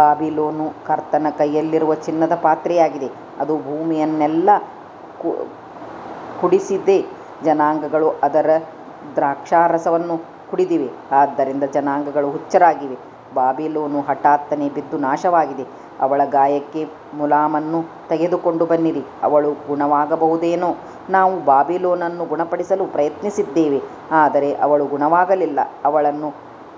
ಬಾಬಿಲೋನು ಕರ್ತನ ಕೈಯಲ್ಲಿರುವ ಚಿನ್ನದ ಪಾತ್ರೆಯಾಗಿದೆ, ಅದು ಭೂಮಿಯನ್ನೆಲ್ಲ ಕುಡಿಸಿದೆ, ಜನಾಂಗಗಳು ಅದರ ದ್ರಾಕ್ಷಾರಸವನ್ನು ಕುಡಿದಿವೆ, ಆದ್ದರಿಂದ ಜನಾಂಗಗಳು ಹುಚ್ಚರಾಗಿವೆ. ಬಾಬಿಲೋನು ಹಠಾತ್ತನೆ ಬಿದ್ದು ನಾಶವಾಗಿದೆ, ಅವಳ ಗಾಯಕ್ಕೆ ಮುಲಾಮನ್ನು ತೆಗೆದುಕೊಂಡು ಬನ್ನಿರಿ, ಅವಳು ಗುಣವಾಗಬಹುದೇನೋ. ನಾವು ಬಾಬಿಲೋನನ್ನು ಗುಣಪಡಿಸಲು ಪ್ರಯತ್ನಿಸಿದ್ದೇವೆ, ಆದರೆ ಅವಳು ಗುಣವಾಗಲಿಲ್ಲ, ಅವಳನ್ನು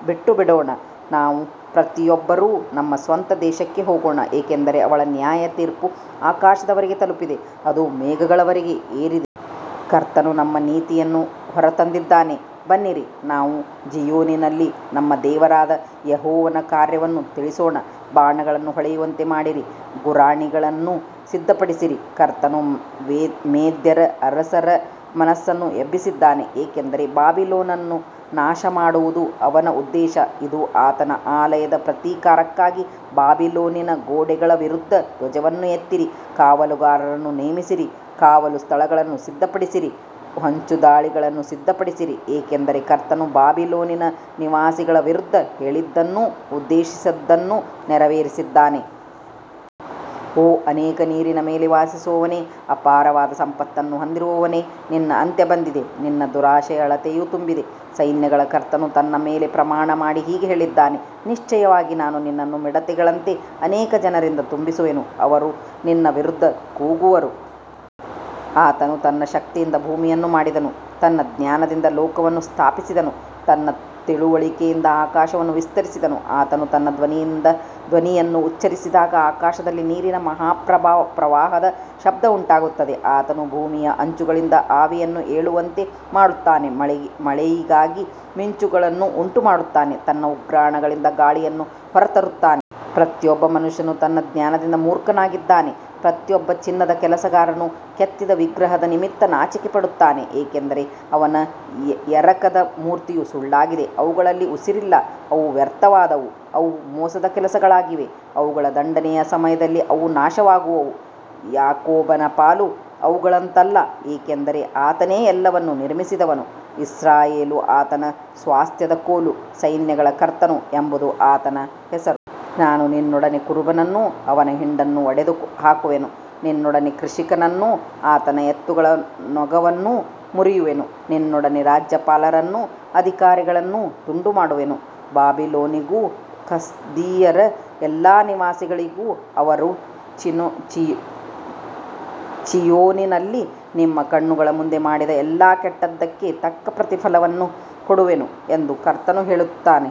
ಬಿಟ್ಟುಬಿಡೋಣ, ನಾವು ಪ್ರತಿಯೊಬ್ಬರೂ ನಮ್ಮ ಸ್ವಂತ ದೇಶಕ್ಕೆ ಹೋಗೋಣ, ಏಕೆಂದರೆ ಅವಳ ನ್ಯಾಯತೀರ್ಪು ಆಕಾಶದವರೆಗೆ ತಲುಪಿದೆ, ಅದು ಮೇಘಗಳವರೆಗೆ ಏರಿದೆ. ಕರ್ತನು ನಮ್ಮ ನೀತಿಯನ್ನು ಹೊರತಂದಿದ್ದಾನೆ, ಬನ್ನಿರಿ, ನಾವು ಚೀಯೋನಿನಲ್ಲಿ ನಮ್ಮ ದೇವರಾದ ಯೆಹೋವನ ಕಾರ್ಯವನ್ನು ತಿಳಿಸೋಣ. ಬಾಣಗಳನ್ನು ಹೊಳೆಯುವಂತೆ ಮಾಡಿರಿ, ಗುರಾಣಿಗಳನ್ನು ಸಿದ್ಧಪಡಿಸಿರಿ, ಕರ್ತನು ಮೇದ್ಯರ ಅರಸರ ಮನಸ್ಸನ್ನು ಎಬ್ಬಿಸಿದ್ದಾನೆ, ಏಕೆಂದರೆ ಬಾಬಿಲೋನನ್ನು ನಾಶಮಾಡುವುದು ಅವನ ಉದ್ದೇಶ, ಇದು ಆತನ ಆಲಯದ ಪ್ರತೀಕಾರಕ್ಕಾಗಿ. ಬಾಬಿಲೋನಿನ ಗೋಡೆಗಳ ವಿರುದ್ಧ ಧ್ವಜವನ್ನು ಎತ್ತಿರಿ, ಕಾವಲುಗಾರರನ್ನು ನೇಮಿಸಿರಿ, ಕಾವಲು ಸ್ಥಳಗಳನ್ನು ಸಿದ್ಧಪಡಿಸಿರಿ, ಹೊಂಚುದಾಳಿಗಳನ್ನು ಸಿದ್ಧಪಡಿಸಿರಿ, ಏಕೆಂದರೆ ಕರ್ತನು ಬಾಬಿಲೋನಿನ ನಿವಾಸಿಗಳ ವಿರುದ್ಧ ಹೇಳಿದ್ದನ್ನೂ ಉದ್ದೇಶಿಸಿದ್ದನ್ನೂ ನೆರವೇರಿಸಿದ್ದಾನೆ. ಓ ಅನೇಕ ನೀರಿನ ಮೇಲೆ ವಾಸಿಸುವವನೇ, ಅಪಾರವಾದ ಸಂಪತ್ತನ್ನು ಹೊಂದಿರುವವನೇ, ನಿನ್ನ ಅಂತ್ಯ ಬಂದಿದೆ, ನಿನ್ನ ದುರಾಶೆಯ ಅಳತೆಯೂ ತುಂಬಿದೆ. ಸೈನ್ಯಗಳ ಕರ್ತನು ತನ್ನ ಮೇಲೆ ಪ್ರಮಾಣಮಾಡಿ ಹೀಗೆ ಹೇಳಿದ್ದಾನೆ, ನಿಶ್ಚಯವಾಗಿ ನಾನು ನಿನ್ನನ್ನು ಮಿಡತೆಗಳಂತೆ ಅನೇಕ ಜನರಿಂದ ತುಂಬಿಸುವೆನು, ಅವರು ನಿನ್ನ ವಿರುದ್ಧ ಕೂಗುವರು. ಆತನು ತನ್ನ ಶಕ್ತಿಯಿಂದ ಭೂಮಿಯನ್ನು ಮಾಡಿದನು, ತನ್ನ ಜ್ಞಾನದಿಂದ ಲೋಕವನ್ನು ಸ್ಥಾಪಿಸಿದನು, ತನ್ನ ತಿಳುವಳಿಕೆಯಿಂದ ಆಕಾಶವನ್ನು ವಿಸ್ತರಿಸಿದನು. ಆತನು ತನ್ನ ಧ್ವನಿಯನ್ನು ಉಚ್ಚರಿಸಿದಾಗ ಆಕಾಶದಲ್ಲಿ ನೀರಿನ ಮಹಾಪ್ರವಾಹದ ಶಬ್ದ ಉಂಟಾಗುತ್ತದೆ, ಆತನು ಭೂಮಿಯ ಅಂಚುಗಳಿಂದ ಆವಿಯನ್ನು ಏಳುವಂತೆ ಮಾಡುತ್ತಾನೆ, ಮಳೆಯಿಗಾಗಿ ಮಿಂಚುಗಳನ್ನು ಉಂಟುಮಾಡುತ್ತಾನೆ, ತನ್ನ ಉಗ್ರಾಣಗಳಿಂದ ಗಾಳಿಯನ್ನು ಹೊರತರುತ್ತಾನೆ. ಪ್ರತಿಯೊಬ್ಬ ಮನುಷ್ಯನು ತನ್ನ ಜ್ಞಾನದಿಂದ ಮೂರ್ಖನಾಗಿದ್ದಾನೆ, ಪ್ರತಿಯೊಬ್ಬ ಚಿನ್ನದ ಕೆಲಸಗಾರನು ಕೆತ್ತಿದ ವಿಗ್ರಹದ ನಿಮಿತ್ತ ನಾಚಿಕೆಪಡುತ್ತಾನೆ, ಏಕೆಂದರೆ ಅವನ ಎರಕದ ಮೂರ್ತಿಯು ಸುಳ್ಳಾಗಿದೆ, ಅವುಗಳಲ್ಲಿ ಉಸಿರಿಲ್ಲ. ಅವು ವ್ಯರ್ಥವಾದವು, ಅವು ಮೋಸದ ಕೆಲಸಗಳಾಗಿವೆ, ಅವುಗಳ ದಂಡನೆಯ ಸಮಯದಲ್ಲಿ ಅವು ನಾಶವಾಗುವವು. ಯಾಕೋಬನ ಪಾಲು ಅವುಗಳಂತಲ್ಲ, ಏಕೆಂದರೆ ಆತನೇ ಎಲ್ಲವನ್ನೂ ನಿರ್ಮಿಸಿದವನು, ಇಸ್ರಾಯೇಲು ಆತನ ಸ್ವಾಸ್ತ್ಯದ ಕೋಲು, ಸೈನ್ಯಗಳ ಕರ್ತನು ಎಂಬುದು ಆತನ ಹೆಸರು. ನಾನು ನಿನ್ನೊಡನೆ ಕುರುಬನನ್ನೂ ಅವನ ಹಿಂಡನ್ನೂ ಒಡೆದುಹಾಕುವೆನು, ನಿನ್ನೊಡನೆ ಕೃಷಿಕನನ್ನೂ ಅವನ ಎತ್ತುಗಳ ನೊಗವನ್ನೂ ಮುರಿಯುವೆನು, ನಿನ್ನೊಡನೆ ರಾಜ್ಯಪಾಲರನ್ನೂ ಅಧಿಕಾರಿಗಳನ್ನೂ ತುಂಡುಮಾಡುವೆನು. ಬಾಬಿಲೋನಿಗೂ ಕಸ್ದೀಯರ ಎಲ್ಲಾ ನಿವಾಸಿಗಳಿಗೂ ಅವರು ಚೀಯೋನಿನಲ್ಲಿ ನಿಮ್ಮ ಕಣ್ಣುಗಳ ಮುಂದೆ ಮಾಡಿದ ಎಲ್ಲಾ ಕೆಟ್ಟದ್ದಕ್ಕೆ ತಕ್ಕ ಪ್ರತಿಫಲವನ್ನು ಕೊಡುವೆನು ಎಂದು ಕರ್ತನು ಹೇಳುತ್ತಾನೆ.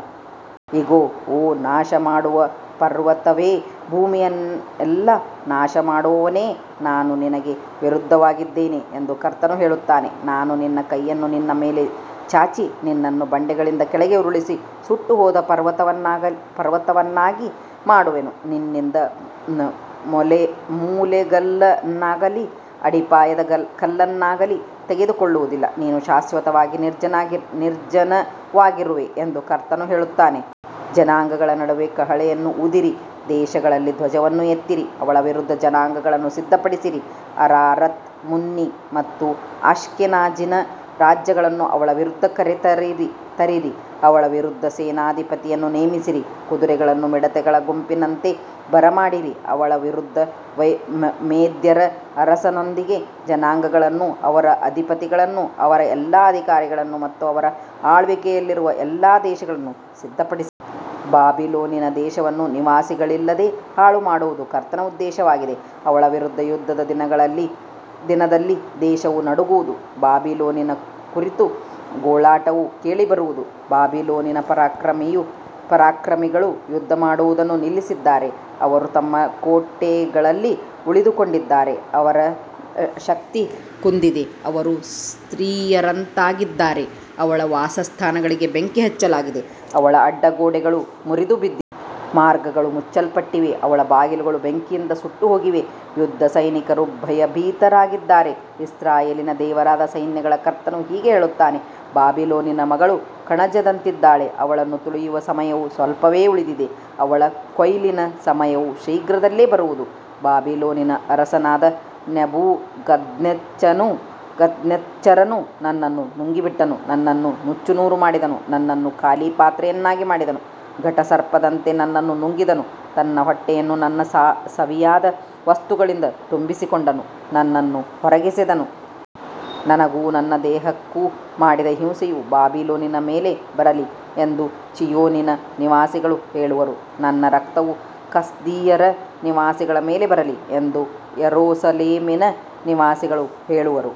ಇಗೋ, ಓ ನಾಶಮಾಡುವ ಪರ್ವತವೇ, ಭೂಮಿಯನ್ನೆಲ್ಲ ನಾಶಮಾಡುವವನೇ, ನಾನು ನಿನಗೆ ವಿರುದ್ಧವಾಗಿದ್ದೇನೆ ಎಂದು ಕರ್ತನು ಹೇಳುತ್ತಾನೆ, ನಾನು ನನ್ನ ಕೈಯನ್ನು ನಿನ್ನ ಮೇಲೆ ಚಾಚಿ, ನಿನ್ನನ್ನು ಬಂಡೆಗಳಿಂದ ಕೆಳಗೆ ಉರುಳಿಸಿ, ಸುಟ್ಟುಹೋದ ಪರ್ವತವನ್ನಾಗಿ ಮಾಡುವೆನು. ನಿನ್ನಿಂದ ಮೂಲೆಗಲ್ಲನ್ನಾಗಲಿ ಅಡಿಪಾಯದ ಕಲ್ಲನ್ನಾಗಲಿ ತೆಗೆದುಕೊಳ್ಳುವುದಿಲ್ಲ, ನೀನು ಶಾಶ್ವತವಾಗಿ ನಿರ್ಜನವಾಗಿರುವೆ ಎಂದು ಕರ್ತನು ಹೇಳುತ್ತಾನೆ. ಜನಾಂಗಗಳ ನಡುವೆ ಕಹಳೆಯನ್ನು ಊದಿರಿ, ದೇಶಗಳಲ್ಲಿ ಧ್ವಜವನ್ನು ಎತ್ತಿರಿ, ಅವಳ ವಿರುದ್ಧ ಜನಾಂಗಗಳನ್ನು ಸಿದ್ಧಪಡಿಸಿರಿ, ಅರಾರತ್, ಮಿನ್ನಿ ಮತ್ತು ಅಶ್ಕೆನಾಜಿನ ರಾಜ್ಯಗಳನ್ನು ಅವಳ ವಿರುದ್ಧ ಕರೆತರಿರಿ, ಅವಳ ವಿರುದ್ಧ ಸೇನಾಧಿಪತಿಯನ್ನು ನೇಮಿಸಿರಿ, ಕುದುರೆಗಳನ್ನು ಮಿಡತೆಗಳ ಗುಂಪಿನಂತೆ ಬರಮಾಡಿರಿ. ಅವಳ ವಿರುದ್ಧ ಮೇದ್ಯರ ಅರಸರೊಂದಿಗೆ ಜನಾಂಗಗಳನ್ನು, ಅವರ ಅಧಿಪತಿಗಳನ್ನು, ಅವರ ಎಲ್ಲಾ ಅಧಿಕಾರಿಗಳನ್ನು ಮತ್ತು ಅವರ ಆಳ್ವಿಕೆಯಲ್ಲಿರುವ ಎಲ್ಲಾ ದೇಶಗಳನ್ನು ಸಿದ್ಧಪಡಿಸಿರಿ. ಬಾಬಿಲೋನಿನ ದೇಶವನ್ನು ನಿವಾಸಿಗಳಿಲ್ಲದೆ ಹಾಳುಮಾಡುವುದು ಕರ್ತನ ಉದ್ದೇಶವಾಗಿದೆ, ಅವಳ ವಿರುದ್ಧದ ಯುದ್ಧದ ದಿನದಲ್ಲಿ ದೇಶವು ನಡುಗುವುದು, ಬಾಬಿಲೋನಿನ ಕುರಿತು ಗೋಳಾಟವು ಕೇಳಿಬರುವುದು. ಬಾಬಿಲೋನಿನ ಪರಾಕ್ರಮಿಗಳು ಯುದ್ಧಮಾಡುವುದನ್ನು ನಿಲ್ಲಿಸಿದ್ದಾರೆ, ಅವರು ತಮ್ಮ ಕೋಟೆಗಳಲ್ಲಿ ಉಳಿದುಕೊಂಡಿದ್ದಾರೆ, ಅವರ ಶಕ್ತಿ ಕುಂದಿದೆ, ಅವರು ಸ್ತ್ರೀಯರಂತಾಗಿದ್ದಾರೆ, ಅವಳ ವಾಸಸ್ಥಾನಗಳಿಗೆ ಬೆಂಕಿ ಹಚ್ಚಲಾಗಿದೆ, ಅವಳ ಅಡ್ಡಗೋಡೆಗಳು ಮುರಿದುಬಿದ್ದಿವೆ. ಮಾರ್ಗಗಳು ಮುಚ್ಚಲ್ಪಟ್ಟಿವೆ, ಅವಳ ಬಾಗಿಲುಗಳು ಬೆಂಕಿಯಿಂದ ಸುಟ್ಟುಹೋಗಿವೆ, ಯುದ್ಧಸೈನಿಕರು ಭಯಭೀತರಾಗಿದ್ದಾರೆ. ಇಸ್ರಾಯೇಲಿನ ದೇವರಾದ ಸೈನ್ಯಗಳ ಕರ್ತನು ಹೀಗೆ ಹೇಳುತ್ತಾನೆ, ಬಾಬಿಲೋನಿನ ಮಗಳು ಕಣಜದಂತಿದ್ದಾಳೆ, ಅವಳನ್ನು ತುಳಿಯುವ ಸಮಯವು ಸ್ವಲ್ಪವೇ ಉಳಿದಿದೆ, ಅವಳ ಕೊಯ್ಲಿನ ಸಮಯವು ಶೀಘ್ರದಲ್ಲೇ ಬರುವುದು. ಬಾಬಿಲೋನಿನ ಅರಸನಾದ ನೆಬೂಕದ್ನೆಚ್ಚರನು ನನ್ನನ್ನು ನುಂಗಿಬಿಟ್ಟನು, ನನ್ನನ್ನು ನುಚ್ಚುನೂರು ಮಾಡಿದನು, ನನ್ನನ್ನು ಖಾಲಿ ಪಾತ್ರೆಯನ್ನಾಗಿ ಮಾಡಿದನು, ಘಟಸರ್ಪದಂತೆ ನನ್ನನ್ನು ನುಂಗಿದನು, ತನ್ನ ಹೊಟ್ಟೆಯನ್ನು ನನ್ನ ಸವಿಯಾದ ವಸ್ತುಗಳಿಂದ ತುಂಬಿಸಿಕೊಂಡನು, ನನ್ನನ್ನು ಹೊರಗೆಸೆದನು. ನನಗೂ ನನ್ನ ದೇಹಕ್ಕೂ ಮಾಡಿದ ಹಿಂಸೆಯು ಬಾಬಿಲೋನಿನ ಮೇಲೆ ಬರಲಿ ಎಂದು ಚೀಯೋನಿನ ನಿವಾಸಿಗಳು ಹೇಳುವರು, ನನ್ನ ರಕ್ತವು ಕಸ್ದೀಯರ ನಿವಾಸಿಗಳ ಮೇಲೆ ಬರಲಿ ಎಂದು ಯೆರೂಸಲೇಮಿನ ನಿವಾಸಿಗಳು ಹೇಳುವರು.